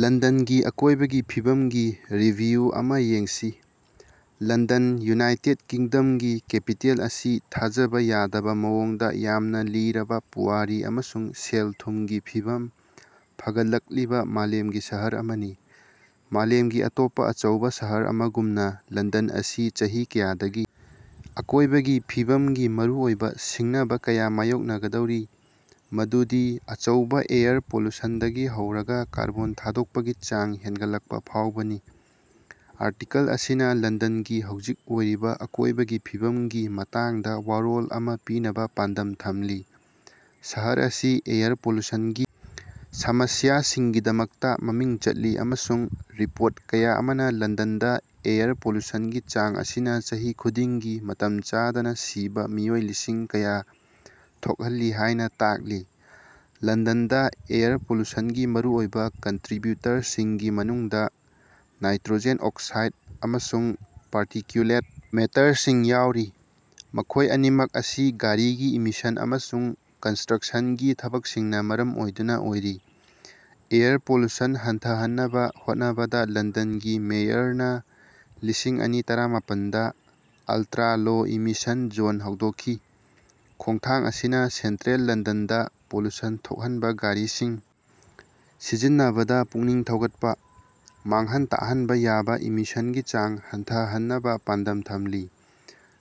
ꯂꯟꯗꯟꯒꯤ ꯑꯀꯣꯏꯕꯒꯤ ꯐꯤꯕꯝꯒꯤ ꯔꯤꯚꯤꯌꯨ ꯑꯃꯥ ꯌꯦꯡꯁꯤ꯫ ꯂꯟꯗꯟ ꯌꯨꯅꯥꯏꯇꯦꯗ ꯀꯤꯡꯗꯝꯒꯤ ꯀꯦꯄꯤꯇꯦꯜ ꯑꯁꯤ ꯊꯥꯖꯕꯥ ꯌꯥꯗꯕꯥ ꯃꯑꯣꯡꯗꯥ ꯌꯥꯝꯅꯥ ꯂꯤꯔꯕꯥ ꯄꯨꯋꯥꯔꯤ ꯑꯃꯁꯨꯡ ꯁꯦꯜ-ꯊꯨꯝꯒꯤ ꯐꯤꯚꯝ ꯐꯒꯠꯂꯛꯂꯤꯕꯥ ꯃꯥꯂꯦꯝꯒꯤ ꯁꯍꯔ ꯑꯃꯅꯤ꯫ ꯃꯥꯂꯦꯝꯒꯤ ꯑꯇꯣꯞꯄꯥ ꯑꯆꯧꯕꯥ ꯁꯍꯔ ꯑꯃꯒꯨꯝꯅꯥ, ꯂꯟꯗꯟ ꯑꯁꯤ ꯆꯍꯤ ꯀꯌꯥꯗꯒꯤ ꯑꯀꯣꯏꯕꯒꯤ ꯐꯤꯕꯝꯒꯤ ꯃꯔꯨꯑꯣꯏꯕꯥ ꯁꯤꯡꯅꯕꯥ ꯀꯌꯥ ꯃꯥꯌꯣꯛꯅꯒꯗꯧꯔꯤ, ꯃꯗꯨꯗꯤ ꯑꯆꯧꯕꯥ ꯑꯦꯌꯔ ꯄꯣꯂꯨꯁꯟꯗꯒꯤ ꯍꯧꯔꯒꯥ ꯀꯥꯔꯕꯣꯟ ꯊꯥꯗꯣꯛꯄꯒꯤ ꯆꯥꯡ ꯍꯦꯅꯒꯠꯂꯛꯄ ꯐꯥꯎꯕꯥꯅꯤ꯫ ꯑꯥꯔꯇꯤꯀꯜ ꯑꯁꯤꯅꯥ ꯂꯟꯗꯟꯒꯤ ꯍꯧꯖꯤꯛ ꯑꯣꯏꯔꯤꯕꯥ ꯑꯀꯣꯏꯕꯒꯤ ꯐꯤꯕꯝꯒꯤ ꯃꯇꯥꯡꯗꯥ ꯋꯥꯔꯣꯜ ꯑꯃꯥ ꯄꯤꯅꯕꯥ ꯄꯥꯟꯗꯝ ꯊꯝꯂꯤ꯫ ꯁꯍꯔ ꯑꯁꯤ ꯑꯦꯌꯔ ꯄꯣꯂꯨꯁꯟꯒꯤ ꯁꯃꯁ꯭ꯌꯥꯁꯤꯡꯒꯤꯗꯃꯛꯇꯥ ꯃꯃꯤꯡ ꯆꯠꯂꯤ ꯑꯃꯁꯨꯡ ꯔꯤꯄꯣꯔꯠ ꯀꯌꯥ ꯑꯃꯅꯥ ꯂꯟꯗꯟꯗꯥ ꯑꯦꯌꯔ ꯄꯣꯂꯨꯁꯟꯒꯤ ꯆꯥꯡ ꯑꯁꯤꯅꯥ ꯆꯍꯤ ꯈꯨꯗꯤꯡꯒꯤ ꯃꯇꯝ ꯆꯥꯗꯅꯥ ꯁꯤꯕꯥ ꯃꯤꯑꯣꯏ ꯂꯤꯁꯤꯡ ꯀꯌꯥ ꯊꯣꯛꯍꯜꯂꯤ ꯍꯥꯏꯅꯥ ꯇꯥꯛꯂꯤ꯫ ꯂꯟꯗꯟꯗꯥ ꯑꯦꯌꯔ ꯄꯣꯂꯨꯁꯟꯒꯤ ꯃꯔꯨꯑꯣꯏꯕꯥ ꯀꯟꯇ꯭ꯔꯤꯕ꯭ꯌꯨꯇꯔꯁꯤꯡꯒꯤ ꯃꯅꯨꯡꯗꯥ ꯅꯥꯏꯇ꯭ꯔꯣꯖꯦꯟ ꯑꯣꯛꯁꯥꯏꯗ ꯑꯃꯁꯨꯡ ꯄꯥꯔꯇꯤꯀ꯭ꯌꯨꯂꯦꯠ ꯃꯦꯇꯔꯁꯤꯡ ꯌꯥꯎꯔꯤ, ꯃꯈꯣꯏ ꯑꯅꯤꯃꯛ ꯑꯁꯤ ꯒꯥꯔꯤꯒꯤ ꯏꯃꯤꯁꯟ ꯑꯃꯁꯨꯡ ꯀꯟꯁꯇ꯭ꯔꯛꯁꯟꯒꯤ ꯊꯕꯛꯁꯤꯡꯅꯥ ꯃꯔꯝ ꯑꯣꯏꯗꯨꯅꯥ ꯑꯣꯏꯔꯤ꯫ ꯑꯦꯌꯔ ꯄꯣꯂꯨꯁꯟ ꯍꯟꯊꯍꯟꯅꯕꯥ ꯍꯣꯠꯅꯕꯗꯥ ꯂꯟꯗꯟꯒꯤ ꯃꯦꯌꯔꯅꯥ ꯂꯤꯁꯤꯡ ꯑꯅꯤ ꯇꯔꯃꯥꯄꯟꯗꯥ ꯑꯜꯇ꯭ꯔꯥ-ꯂꯣ ꯏꯃꯤꯁꯟ ꯖꯣꯟ ꯍꯧꯗꯣꯛꯈꯤ, ꯈꯣꯡꯊꯥꯡ ꯑꯁꯤꯅꯥ ꯁꯦꯟꯇ꯭ꯔꯦꯜ ꯂꯟꯗꯟꯗꯥ ꯄꯣꯂꯨꯁꯟ ꯊꯣꯛꯍꯟꯕꯥ ꯒꯥꯔꯤꯁꯤꯡ ꯁꯤꯖꯤꯟꯅꯕꯗꯥ ꯄꯨꯛꯅꯤꯡ ꯊꯧꯒꯠꯄꯥ, ꯃꯥꯡꯍꯟ ꯇꯥꯛꯍꯟꯕꯥ ꯌꯥꯕꯥ ꯏꯃꯤꯁꯟꯒꯤ ꯆꯥꯡ ꯍꯟꯊꯍꯟꯅꯕꯥ ꯄꯥꯟꯗꯝ ꯊꯝꯂꯤ꯫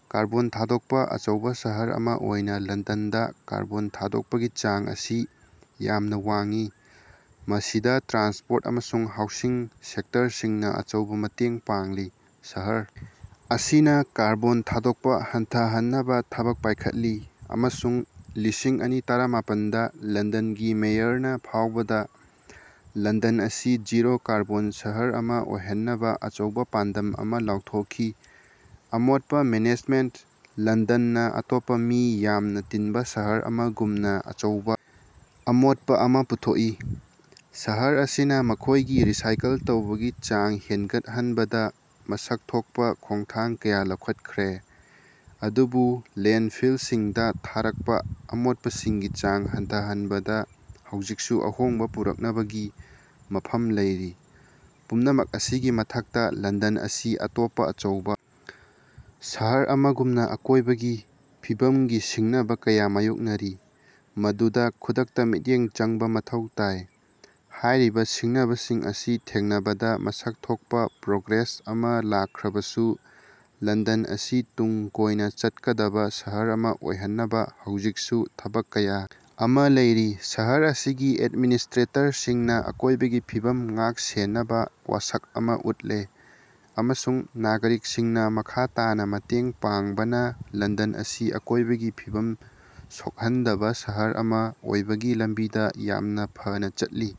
ꯀꯥꯔꯕꯣꯟ ꯊꯥꯗꯣꯛꯄꯥ ꯑꯆꯧꯕꯥ ꯁꯍꯔ ꯑꯃꯥ ꯑꯣꯏꯅꯥ ꯂꯟꯗꯟꯗꯥ ꯀꯥꯔꯕꯣꯟ ꯊꯥꯗꯣꯛꯄꯒꯤ ꯆꯥꯡ ꯑꯁꯤ ꯌꯥꯝꯅꯥ ꯋꯥꯡꯏ, ꯃꯁꯤꯗꯥ ꯇ꯭ꯔꯥꯟꯁꯄꯣꯔꯠ ꯑꯃꯁꯨꯡ ꯍꯥꯎꯁꯤꯡ ꯁꯦꯛꯇꯔꯁꯤꯡꯅꯥ ꯑꯆꯧꯕꯥ ꯃꯇꯦꯡ ꯄꯥꯡꯂꯤ꯫ ꯁꯍꯔ ꯑꯁꯤꯅꯥ ꯀꯥꯔꯕꯣꯟ ꯊꯥꯗꯣꯛꯄꯥ ꯍꯟꯊꯍꯟꯅꯕꯥ ꯊꯕꯛ ꯄꯥꯏꯈꯠꯂꯤ ꯑꯃꯁꯨꯡ ꯂꯤꯁꯤꯡ ꯑꯅꯤ ꯇꯔꯃꯥꯄꯟꯗꯥ ꯂꯟꯗꯟꯒꯤ ꯃꯦꯌꯔꯅꯥ ꯐꯥꯎꯕꯗꯥ ꯂꯟꯗꯟ ꯑꯁꯤ ꯖꯤꯔꯣ-ꯀꯥꯔꯕꯣꯟ ꯁꯍꯔ ꯑꯃꯥ ꯑꯣꯏꯍꯟꯅꯕꯥ ꯑꯆꯧꯕꯥ ꯄꯥꯟꯗꯝ ꯑꯃꯥ ꯂꯥꯎꯊꯣꯛꯈꯤ, ꯑꯃꯣꯠꯄꯥ ꯃꯦꯅꯦꯖꯃꯦꯟꯇ ꯂꯟꯗꯅꯅꯥ ꯑꯇꯣꯞꯄꯥ ꯃꯤ ꯌꯥꯝꯅꯥ ꯇꯤꯟꯕꯥ ꯁꯍꯔ ꯑꯃꯒꯨꯝꯅꯥ ꯑꯆꯧꯕꯥ ꯑꯃꯣꯠꯄꯥ ꯑꯃꯥ ꯄꯨꯊꯣꯛꯏ꯫ ꯁꯍꯔ ꯑꯁꯤꯅꯥ ꯃꯈꯣꯏꯒꯤ ꯔꯤꯁꯥꯏꯀꯜ ꯇꯧꯕꯒꯤ ꯆꯥꯡ ꯍꯦꯟꯒꯠꯍꯟꯕꯗꯥ ꯃꯁꯛ ꯊꯣꯛꯄꯥ ꯈꯣꯡꯊꯥꯡ ꯀꯌꯥ ꯂꯧꯈꯠꯈ꯭ꯔꯦ, ꯑꯗꯨꯕꯨ ꯂꯦꯟꯗꯐꯤꯜꯁꯤꯡꯗꯥ ꯊꯥꯔꯛꯄꯥ ꯑꯃꯣꯠꯄꯁꯤꯡꯒꯤ ꯆꯥꯡ ꯍꯟꯊꯍꯟꯕꯗꯥ ꯍꯧꯖꯤꯛꯁꯨ ꯑꯍꯣꯡꯕꯥ ꯄꯨꯔꯛꯅꯕꯒꯤ ꯃꯐꯝ ꯂꯩꯔꯤ꯫ ꯄꯨꯝꯅꯃꯛ ꯑꯁꯤꯒꯤ ꯃꯊꯛꯇꯥ, ꯂꯟꯗꯟ ꯑꯁꯤ ꯑꯇꯣꯞꯄꯥ ꯑꯆꯧꯕꯥ ꯁꯍꯔ ꯑꯃꯒꯨꯝꯅꯥ ꯑꯀꯣꯏꯕꯒꯤ ꯐꯤꯕꯝꯒꯤ ꯁꯤꯡꯅꯕꯥ ꯀꯌꯥ ꯃꯥꯌꯣꯛꯅꯔꯤ, ꯃꯗꯨꯗꯥ ꯈꯨꯗꯛꯇꯥ ꯃꯤꯠꯌꯦꯡ ꯆꯪꯕꯥ ꯃꯊꯧ ꯇꯥꯏ꯫ ꯍꯥꯏꯔꯤꯕꯥ ꯁꯤꯡꯅꯕꯁꯤꯡ ꯑꯁꯤ ꯊꯦꯡꯅꯕꯗꯥ ꯃꯁꯛ ꯊꯣꯛꯄꯥ ꯄ꯭ꯔꯣꯒ꯭ꯔꯦꯁ ꯑꯃꯥ ꯂꯥꯛꯈ꯭ꯔꯕꯁꯨ, ꯂꯟꯗꯟ ꯑꯁꯤ ꯇꯨꯡ ꯀꯣꯏꯅꯥ ꯆꯠꯀꯗꯕꯥ ꯁꯍꯔ ꯑꯃꯥ ꯑꯣꯏꯍꯟꯅꯕꯥ ꯍꯧꯖꯤꯛꯁꯨ ꯊꯕꯛ ꯀꯌꯥ ꯑꯃꯥ ꯂꯩꯔꯤ꯫ ꯁꯍꯔ ꯑꯁꯤꯒꯤ ꯑꯦꯗꯃꯤꯅꯤꯁꯇ꯭ꯔꯦꯇꯔꯁꯤꯡꯅꯥ ꯑꯀꯣꯏꯕꯒꯤ ꯐꯤꯕꯝ ꯉꯥꯛ-ꯁꯦꯟꯅꯕꯥ ꯋꯥꯁꯛ ꯑꯃꯥ ꯎꯠꯂꯦ ꯑꯃꯁꯨꯡ ꯅꯥꯒꯔꯤꯛꯁꯤꯡꯅꯥ ꯃꯈꯥ ꯇꯥꯅꯥ ꯃꯇꯦꯡ ꯄꯥꯡꯕꯅꯥ ꯂꯟꯗꯟ ꯑꯁꯤ ꯑꯀꯣꯏꯕꯒꯤ ꯐꯤꯕꯝ ꯁꯣꯛꯍꯟꯗꯕꯥ ꯁꯍꯔ ꯑꯃꯥ ꯑꯣꯏꯕꯒꯤ ꯂꯝꯕꯤꯗꯥ ꯌꯥꯝꯅꯥ ꯐꯅꯥ ꯆꯠꯂꯤ꯫